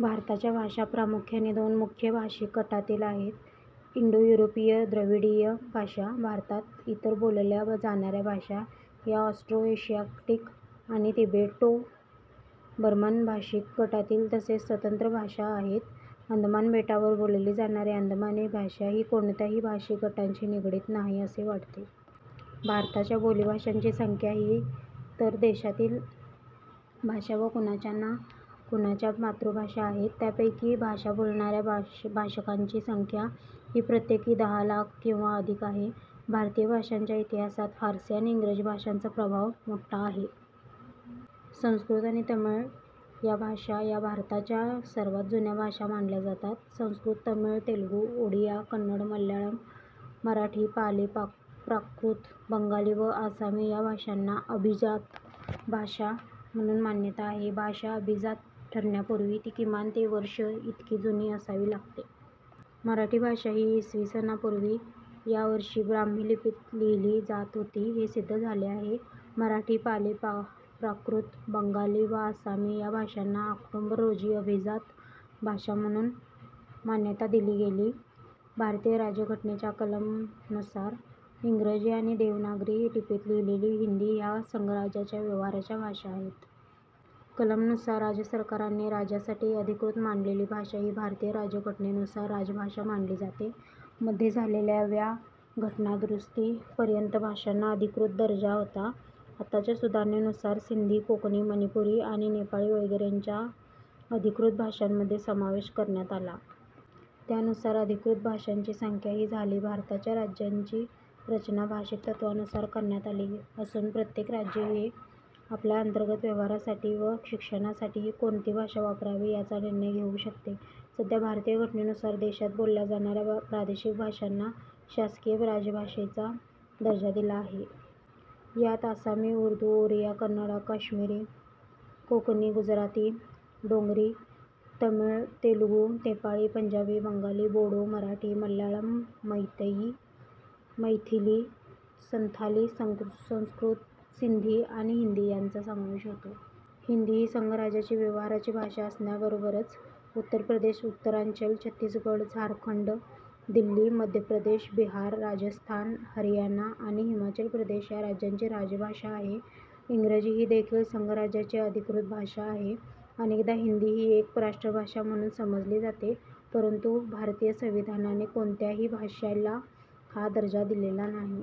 भारताच्या भाषा प्रामुख्याने दोन मुख्य भाषिक गटांतील आहेत.. इंडो-युरोपीय. द्रविडीय भाषा. भारतात इतर बोलल्या जाणाऱ्या भाषा या ऑस्ट्रो-एशियाटिक आणि तिबेटो-बर्मन भाषिक गटांतील तसेच स्वतंत्र भाषा आहेत. अंदमान बेटांवर बोलली जाणारी अंदमानी भाषा ही कोणत्याही भाषिक गटांशी निगडित नाही असे वाटते. भारताच्या बोलीभाषांची संख्या ही, तर देशातील भाषा या कुणाच्याना कुणाच्या मातृभाषा आहेत. त्यांपैकी भाषा बोलणाऱ्या भाषकांची संख्या ही प्रत्येकी दहा लाख किंवा अधिक आहे. भारतीय भाषांच्या इतिहासात फारसी आणि इंग्रजी भाषांचा प्रभाव मोठा आहे. संस्कृत आणि तमिळ या भाषा या भारताच्या सर्वांत जुन्या भाषा मानल्या जातात. संस्कृत, तमिळ, तेलुगू, ओडिया, कन्नड, मल्याळम, मराठी, पाली, प्राकृत, बंगाली व आसामी या भाषांना अभिजात भाषा म्हणून मान्यता आहे. भाषा अभिजात ठरण्यापूर्वी ती किमान ते वर्षे इतकी जुनी असावी लागते. मराठी भाषा ही इसवी सनापूर्वी या वर्षी ब्राह्मी लिपीत लिहिली जात होती हे सिद्ध झाले आहे. मराठी, पाली, प्राकृत, बंगाली व आसामी या भाषांना ऑक्टोबर रोजी अभिजात भाषा म्हणून मान्यता दिली गेली. भारतीय राज्यघटनेच्या कलम नुसार इंग्रजी आणि देवनागरी लिपीत लिहिलेली हिंदी ह्या संघराज्याच्या व्यवहाराच्या भाषा आहेत. कलम नुसार राज्यसरकारांनी राज्यासाठी अधिकृत मानलेली भाषा ही भारतीय राज्यघटनेनुसार राजभाषा मानली जाते. मध्ये झालेल्या व्या घटना दुरुस्तीपर्यंत भाषांना अधिकृत दर्जा होता. आताच्या सुधारणेनुसार सिंधी, कोंकणी, मणीपुरी आणि नेपाळी वगैरेंचा अधिकृत भाषांमध्ये समावेश करण्यात आला. त्यानुसार अधिकृत भाषांची संख्या ही झाली. भारताच्या राज्यांची रचना भाषिक तत्त्वानुसार करण्यात आली असून प्रत्येक राज्य हे आपल्या अंतर्गत व्यवहारासाठी व शिक्षणासाठी कोणती भाषा वापरावी याचा निर्णय घेऊ शकते. सध्या भारतीय घटनेनुसार देशात बोलल्या जाणाऱ्या प्रादेशिक भाषांना शासकीय राजभाषेचा दर्जा दिला आहे. यांत आसामी, उर्दू, ओरिया, कन्नड, काश्मिरी, कोंकणी, गुजराती, डोगरी, तमिळ, तेलुगू, नेपाळी, पंजाबी, बंगाली, बोडो, मराठी, मल्याळम, मैतेई, मैथिली, संथाली, संस्कृत, सिंधी, आणि हिंदी, यांचा समावेश होतो. हिंदी ही संघराज्याची व्यवहाराची भाषा असण्याबरोबरच उत्तर प्रदेश, उत्तरांचल, छत्तीसगढ, झारखंड, दिल्ली, मध्य प्रदेश, बिहार, राजस्थान, हरियाणा आणि हिमाचल प्रदेश या राज्यांची राजभाषा आहे. इंग्रजी ही देखील संघराज्याची अधिकृत भाषा आहे. अनेकदा हिंदी ही एक राष्ट्रभाषा म्हणून समजली जाते परंतु भारतीय संविधानाने कोणत्याही भाषेला हा दर्जा दिलेला नाही.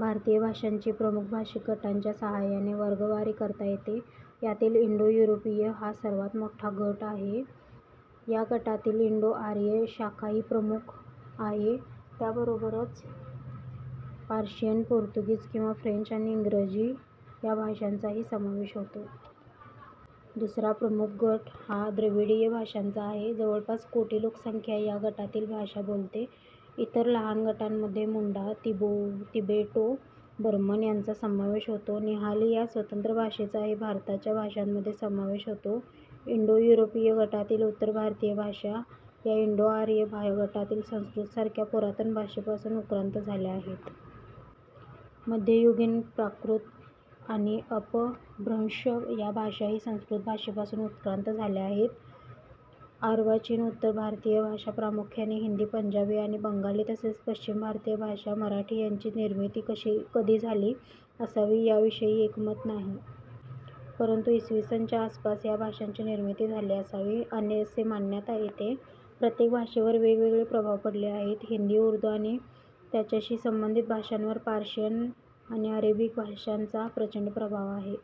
भारतीय भाषांची प्रमुख भाषिक गटांच्या साहाय्याने वर्गवारी करता येते. यातील इंडो-यूरोपीय हा सर्वांत मोठा गट आहे. या गटातील इंडो-आर्य शाखा ही प्रमुख आहे.. त्याबरोबरच पर्शियन, पोर्तुगीज किंवा फ्रेंच आणि इंग्रजी या भाषांचाही समावेश होतो. दुसरा प्रमुख गट हा द्रविडीय भाषांचा आहे. जवळपास कोटी लोकसंख्या या गटातील भाषा बोलते. इतर लहान गटांमध्ये मुंडा, तिबेटो-बर्मन यांचा समावेश होतो. निहाली या स्वतंत्र भाषेचाही भारताच्या भाषांमध्ये समावेश होतो. इंडो-युरोपीय गटातील उत्तर भारतीय भाषा या इंडो-आर्य गटातील संस्कृत सारख्या पुरातन भाषेपासून उत्क्रांत झाल्या आहेत. मध्ययुगीन प्राकृत आणि अपभ्रंश या भाषाही संस्कृत भाषेपासून उत्क्रांत झाल्या आहेत. अर्वाचीन उत्तर भारतीय भाषा प्रामुख्याने हिंदी, पंजाबी आणि बंगाली तसेच पश्चिम भारतीय भाषा मराठी यांची निर्मिती कधी झाली असावी याविषयी एकमत नाही. परंतु इ. स. च्या आसपास या भाषांची निर्मिती झाली असावी असे मानण्यात येते. प्रत्येक भाषेवर वेगवेगळे प्रभाव पडले आहेत. हिंदी/उर्दू आणि त्याच्याशी संबंधित भाषांवर पर्शियन आणि अरेबिक भाषांचा प्रचंड प्रभाव आहे.